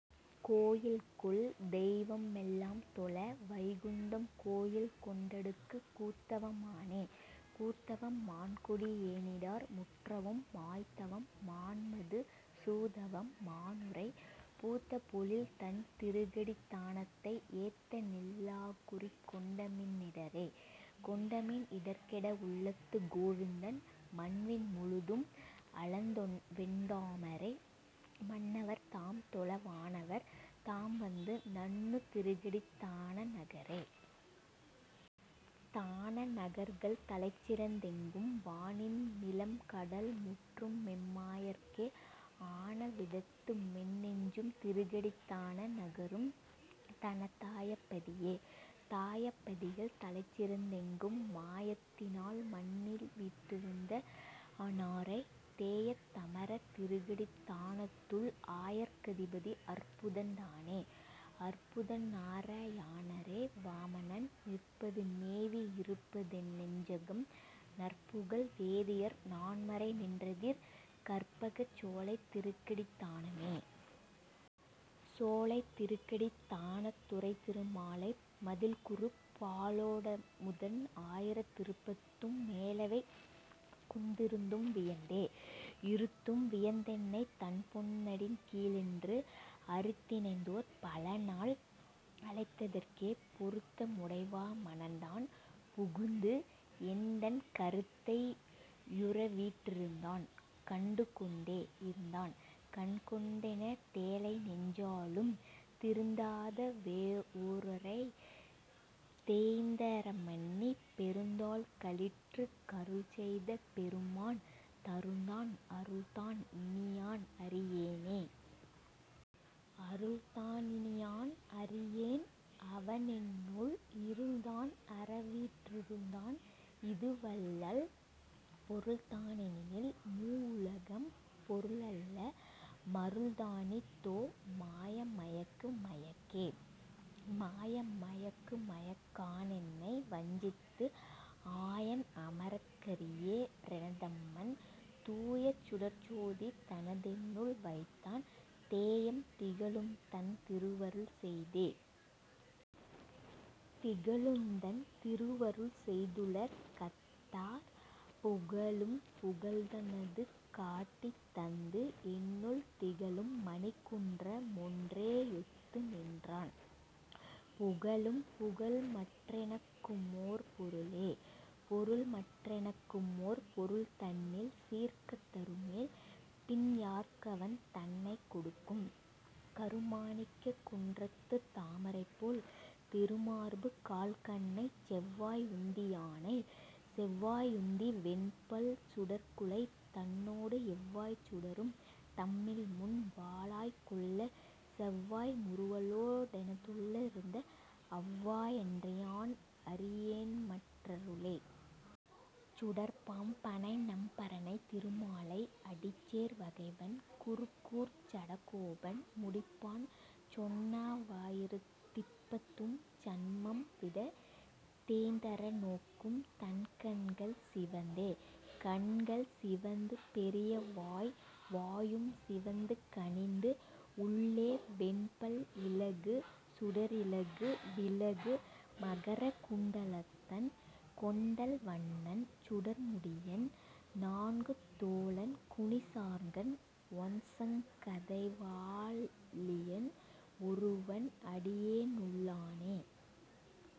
கோயில்கொள் தெய்வமெல் லாம்தொழ, வைகுந்தம் கோயில்கொண் டகுடக் கூத்தவம் மானே.. கூத்தவம் மான்கொடி யேனிடர் முற்றவும், மாய்த்தவம் மான்மது சூதவம் மானுறை, பூத்த பொழில்தண் திருக்கடித் தானத்தை, ஏத்தநில் லாகுறிக் கொண்டமின் இடரே.. கொண்டமின் இடர்கெட வுள்ளத்துக் கோவிந்தன், மண்விண் முழுதும் அளந்தவெண் டாமரை, மண்ணவர் தாம்தொழ வானவர் தாம்வந்து, நண்ணு திருக்கடித் தான நகரே.. தான நகர்கள் தலைசிறந் தெங்கும், வானிந் நிலம்கடல் முற்றுமெம் மாயற்கே, ஆன விடத்துமென் நெஞ்சும் திருக்கடித் தான நகரும், தனதாயப் பதியே.. தாயப் பதிகள்தலைசிறந் தெங்கும், மாயத்தி னால்மன்னி வீற்றிருந் தானுறை, தேயத் தமரர் திருக்கடித் தானத்துள், ஆயர்க் கதிபதி அற்புதன் தானே.. அற்புதன் நாரா யணரே வாமனன், நிற்பது மேவி யிருப்பதென் னெஞ்சகம், நற்புகழ் வேதியர் நான்மறை நின்றதிர், கற்பகச் சோலைத் திருக்கடித் தானமே. சோலை திருக்கடித் தானத் துறைதிரு மாலை, மதிள்குரு, பாலோ டமுதன்ன ஆயிரத் திப்பத்தும், மேலைவை குந்தத் திருத்தும் வியந்தே. இருத்தும் வியந்தென்னைத் தன்பொன் னடிக்கீழென்று, அருத்தித் தெனைத்தோர் பலநாள் அழைத்ததற்கே, பொருத்த முடைவா மனன்தான் புகுந்து, என்தன் கருத்தை யுறவீற் றிருந்தான் கண்டுகொண்டே.. இருந்தான் கண்டுகொண் டெனதேழை நெஞ்சாளும், திருந்தாத வோரைவ ரைத்தேய்ந் தறமன்னி, பெருந்தாள் களிற்றுக் கருள்செய்த பெருமான், தருந்தான் அருள்தான் இனியான் அறியேனே.. அருள்தா னினியான் அறியேன் அவனென்னுள், இருள்தான் அறவீற் றிருந்தான் இதுவல்லல், பொருள்தா னெனில்மூ வுலகம் பொருளல்ல, மருள்தானீ தோ? மாய மயக்கு மயக்கே.. மாய மயக்குமயக் கானென்னை வஞ்சித்து, ஆயன் அமரர்க் கரியே றெனதம்மன், தூய சுடர்ச்சோதி தனதென்னுள் வைத்தான், தேயம் திகழும்தன் திருவருள் செய்தே.. திகழுந்தன் திருவருள் செய்துல கத்தார், புகழும் புகழ்தா னதுகாட்டித் தந்து, என்னுள் திகழும் மணிக்குன்ற மொன்றே யொத்துநின்றான், புகழும் புகழ்மற் றெனக்குமோர் பொருளே?. பொருள்மற் றெனக்குமோர் பொருள்தன்னில் சீர்க்கத் தருமேல், பின் யார்க்கவன் தன்னைக் கொடுக்கும்?, கருமா ணிக்கக் குன்றத்துத் தாமரைபோல், திருமார்பு கால்கண்கை செவ்வாய் உந்தியானே.. செவ்வாயுந்தி வெண்பல் சுடர்க்குழை, தன்னோடு எவ்வாய்ச் சுடரும் தம்மில்முன் வளாய்க்கொள்ள, செவ்வாய் முறுவலோ டெனதுள்ளத் திருந்த, அவ்வா யன்றியான் அறியேன்மற் றருளே.. சுடர்ப்பாம் பணைநம் பரனைத் திருமாலை, அடிச்சேர் வகைவண் குருகூர்ச் சடகோபன், முடிப்பான் சொன்னவா யிரத்திப்பத் தும்சன்மம் விட, தேய்ந் தறநோக்கும் தன்கண்கள் சிவந்தே. கண்கள் சிவந்து பெரியவாய் வாயும் சிவந்து கனிந்து, உள்ளே வெண்பல் இலகு சுடரிலகு விலகு மகர குண்டலத்தன், கொண்டல் வண்ணன் சுடர்முடியன் நான்கு தோளன் குனிசார்ங்கன், ஒண்சங் கதைவா ழியன் ஒருவன் அடியே னுள்ளானே..